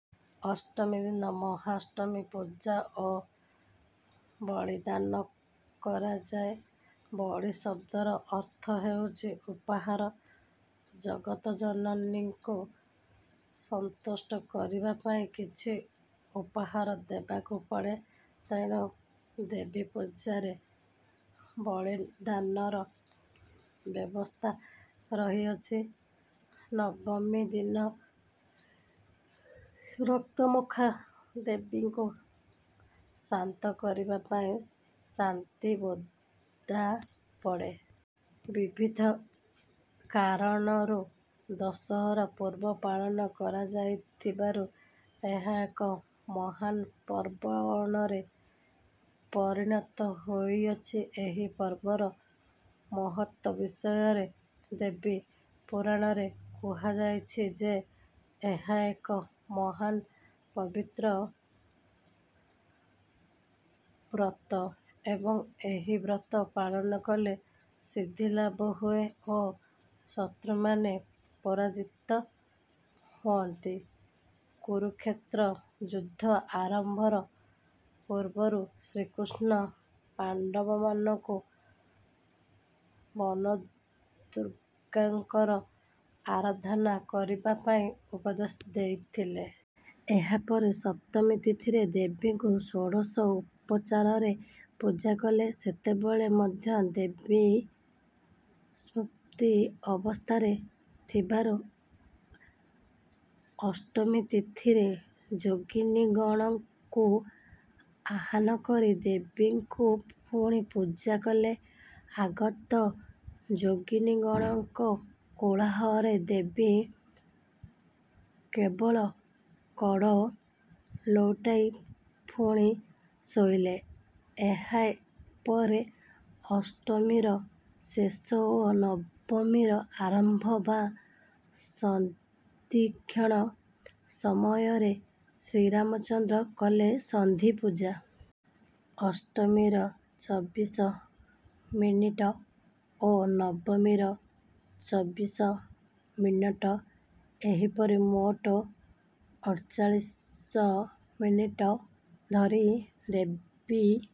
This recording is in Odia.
ଅଷ୍ଟମୀଦିନ ମହାଷ୍ଟମୀ ପୂଜା ଓ ବଳିଦାନ କରାଯାଏ। ବଳି ଶବ୍ଦର ଅର୍ଥ ହେଉଛି ଉପହାର। ଜଗତଜନନୀଙ୍କୁ ସନ୍ତୁଷ୍ଟ କରିବା ପାଇଁ କିଛି ଉପହାର ଦେବାକୁ ପଡେ। ତେଣୁ ଦେବୀପୂଜାରେ ବଳିଦାନର ବ୍ୟବସ୍ଥା ରହିଅଛି ନବମୀ ଦିନ ରକ୍ତମୁଖା ଦେବୀଙ୍କୁ ଶାନ୍ତ କରିବା ପାଇଁ ଶାନ୍ତି ବୋଦା ପଡେ। ବିବିଧ କାରଣରୁ ଦଶହରା ପର୍ବ ପାଳନ କରାଯାଉଥିବାରୁ ଏହା ଏକ ମହାନ ପାର୍ବଣରେ ପରିଣତ ହୋଇଅଛି। ଏହି ପର୍ବର ମହତ୍ତ୍ୱ ବିଷୟରେ ଦେବୀ ପୁରାଣରେ କୁହାଯାଇଛି ଯେ ଏହା ଏକ ମହାନ ପବିତ୍ର ବ୍ରତ ଏବଂ ଏହି ବ୍ରତ ପାଳନ କଲେ ସିଦ୍ଧି ଲାଭ ହୁଏ ଓ ଶତ୍ରୁମାନେ ପରାଜିତ ହୁଅନ୍ତି କୁରୁକ୍ଷେତ୍ର ଯୁଦ୍ଧ ଆରମ୍ଭର ପୂର୍ବରୁ ଶ୍ରୀକୃଷ୍ଣ ପାଣ୍ଡବମାନଙ୍କୁ ବନଦୁର୍ଗାଙ୍କର ଆରାଧନା କରିବା ପାଇଁ ଉପଦେଶ ଦେଇଥିଲେ। ଏହାପରେ ସପ୍ତମୀ ତିଥିରେ ଦେବୀଙ୍କୁ ଷୋଡ଼ଶ ଉପଚାରରେ ପୂଜା କଲେ। ସେତେବେଳେ ମଧ୍ୟ ଦେବୀ ସୁପ୍ତ ଅବସ୍ଥାରେ ଥିବାରୁ ଅଷ୍ଟମୀ ତିଥିରେ ଯୋଗିନୀଗଣଙ୍କୁ ଆହ୍ୱାନ କରି ଦେବୀଙ୍କୁ ପୁଣି ପୂଜା କଲେ। ଆଗତ ଯୋଗିନୀଗଣଙ୍କ କୋଳାହଳରେ ଦେବୀ କେବଳ କଡ଼ ଲେଉଟାଇ ପୁଣି ଶୋଇଲେ। ଏହା ପରେ ଅଷ୍ଟମୀର ଶେଷ ଓ ନବମୀର ଆରମ୍ଭ ବା ସନ୍ଧିକ୍ଷଣ ସମୟରେ ଶ୍ରୀରାମଚନ୍ଦ୍ର କଲେ ସନ୍ଧିପୂଜା। ଅଷ୍ଟମୀର ଚବିଶ ମିନଟ ଓ ନବମୀର ଚବିଶ ମିନଟ ଏହିପରି ମୋଟ ଅଠଚାଳିଶ ମିନଟ ଧରି ଦେବୀ